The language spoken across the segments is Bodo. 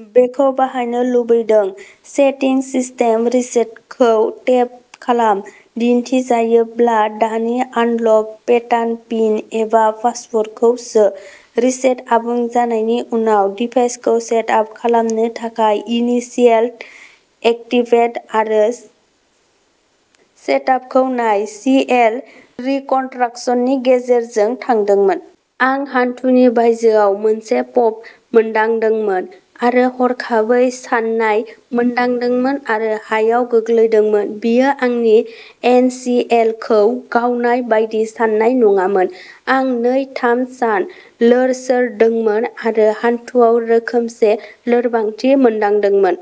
बेखौ बाहायनो लुबैदों। सेटिंस सिस्टेम रिसेटखौ टेप खालाम। दिन्थिजायोब्ला दानि आनलक पेटार्न पिन एबा पासवार्डखौ सो। रिसेट आबुं जानायनि उनाव डिभाइसखौ सेट आप खालामनो थाखाय इनिशियेल एक्टिभेट आरो सेटआपखौ नाय। सि एल रिकनस्ट्राकसन नि गेजेरजों थांदोंमोन। आं हान्थुनि बायजोयाव मोनसे पप मोनदांदोंमोन आरो हरखाबै सानाय मोनदांदोंमोन आरो हायाव गोग्लैदोंमोन बेयो आंनि ए सि एल खौ गावनाय बायदि सानाय नङामोन। आं नै थाम सान लोरसोरदोंमोन आरो हान्थुआव रोखोमसे लोरबांथि मोनदांदोंमोन।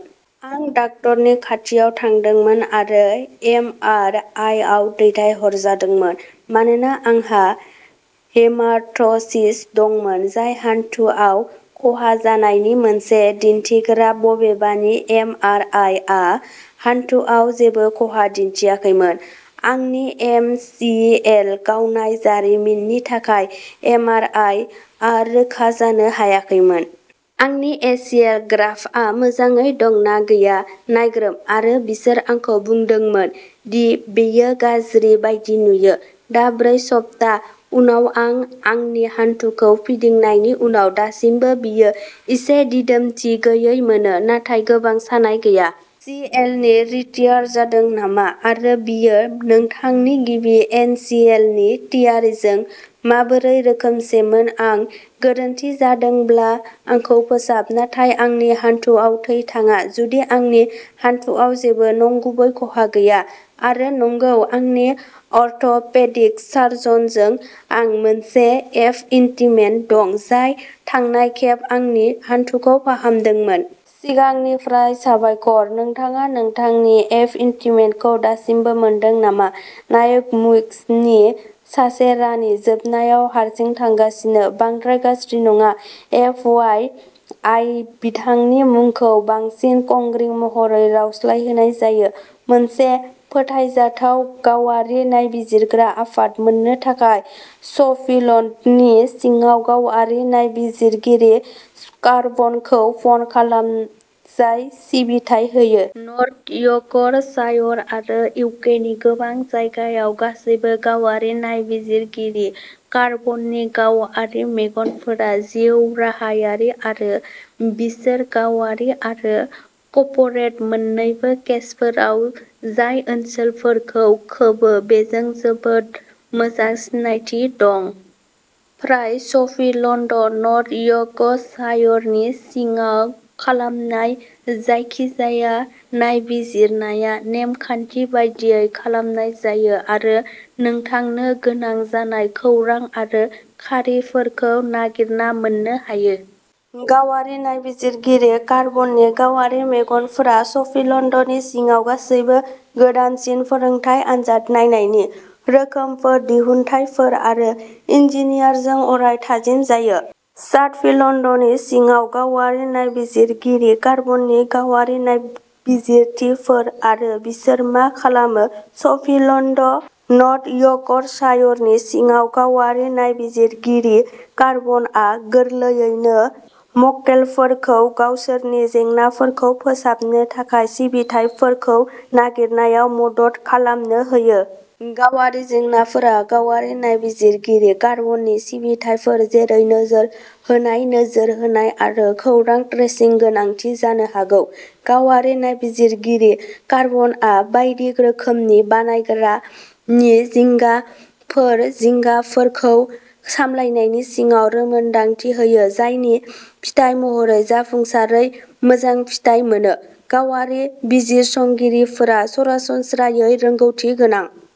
आं डाक्टारनि खाथियाव थांदोंमोन आरो एम आर आइ आव दैथायहरजादोंमोन मानोना आंहा हेमारथ्र'सिस दंमोन जाय हान्थुआव खहा जानायनि मोनसे दिन्थिग्रा बबेखानि एम आर आइ आ हान्थुआव जेबो खहा दिन्थियाखैमोन। आंनि ए सि एल गावनायनि जारिमिननि थाखाय एम आर आइ आ रोखा जानो हायाखैमोन। आंनि ए सि एल ग्राफ्टआ मोजाङै दं ना गैया नायग्रोम आरो बिसोर आंखौ बुंदोंमोन दि'बेयो गाज्रि बायदि नुयो। दा ब्रै सप्ता उनाव आं आंनि हान्थुखौ फिदिंनायनि उनाव दासिमबो बेखौ एसे दिदोमथि गैयै मोनो नाथाय गोबां सानाय गैया। सि एल नि रिटियार जादों नामा आरो बेयो नोंथांनि गिबि ए सि एल टियारजों माबोरै रोखोमसे मोन आं गोरोन्थि जादोंब्ला आंखौ फोसाब नाथाय आंनि हान्थुआव थै थाङा जुदि आंनि हान्थुआव जेबो नंगुबै खहा गैया आरो नंगौ आंनि अर्थ'पेडिक सार्जनजों आं मोनसे एपइन्टमेन्ट दं जाय थांनाय खेब आंनि हान्थुखौ फाहामदोंमोन। सिगांनिफ्राय साबायखर! नोंथाङा नोंथांनि एपइन्टमेन्टखौ दासिमबो मोनदों नामा नाइन म्युसनि सासे रानि जोबनायाव हारसिं थांगासिनो। बांद्राय गाज्रि नङा। एफ वाइ आइ बिथांनि मुंखौ बांसिन किउंग्रि महरै रावस्लायहोनाय जायो। मोनसे फोथायजाथाव गावारि नायबिजिरग्रा आफाद मोन्नो थाखाय सफील्डनि सिङाव गावारि नायबिजिरगिरि स्कारबर'खौ फन खालाम जाय सिबिथाय होयो। नर्थ यर्कशायर आरो इउ के नि गोबां जायगायाव। गासैबो गावारि नायबिजिरगिरि स्कारबर'नि गावारि मेगनफोरा जिउराहायारि आरो बिसोर गावारि आरो कर्परेट मोन्नैबो केसफोराव जाय ओनसोलफोरखौ खोबो बेजों जोबोद मोजां सिनायथि दं। फ्राय सफील्ड नर्थ यर्कशायरनि सिङाव खालामनाय जायखिजाया नायबिजिरनाया नेम खान्थि बायदियै खालामनाय जायो आरो नोंथांनो गोनां जानाय खौरां आरो खारिफोरखौ नागिरना मोननो हायो। गावारि नायबिजिरगिरि स्कारबरनि गावारि मेगनफोरा सफील्डनि सिङाव गासैबो गोदानसिन फोरोंथाय आनजाद नायनायनि रोखोमफोर दिहुनथायफोर आरो इन्जिनियारिंजों अराय थाजिम जायो। सादफील्डनि सिङाव गावारि नायबिजिरगिरि स्कारबर'नि गावारि नायबिजिरथिफोर आरो बिसोर मा खालामो सादफील्ड नर्थ यर्कशायरनि सिङाव गावारि नायबिजिरगिरि स्कारबर'आ गोरलैयैनो मक्केलफोरखौ गावसोरनि जेंनाफोरखौ फोसाबनो थाखाय सिबिथाइफोरखौ नागिरनायाव मदद खालामनो हायो। गावारि जेंनाफोरा गावारि नायबिजिरगिरि स्कारबर'नि सिबिथाइफोर जेरै नोजोर होनाय नोजोर होनाय आरो खौरां ट्रेसिंनि गोनांथि जानो हागौ। गावारि नायबिजिरगिरि स्कारबर'आ बायदि रोखोमनि बायग्रानि जिंगाफोर आरो जिंगाफोरखौ सामलायनायनि सिङाव रोंमोनदांथि होयो जायनि फिथाय महरै जाफुंसारै मोजां फिथायफोर मोनो। गावारि बिजिरसंगिरिफोरा सरासनस्रायै रोंग'थिगोनां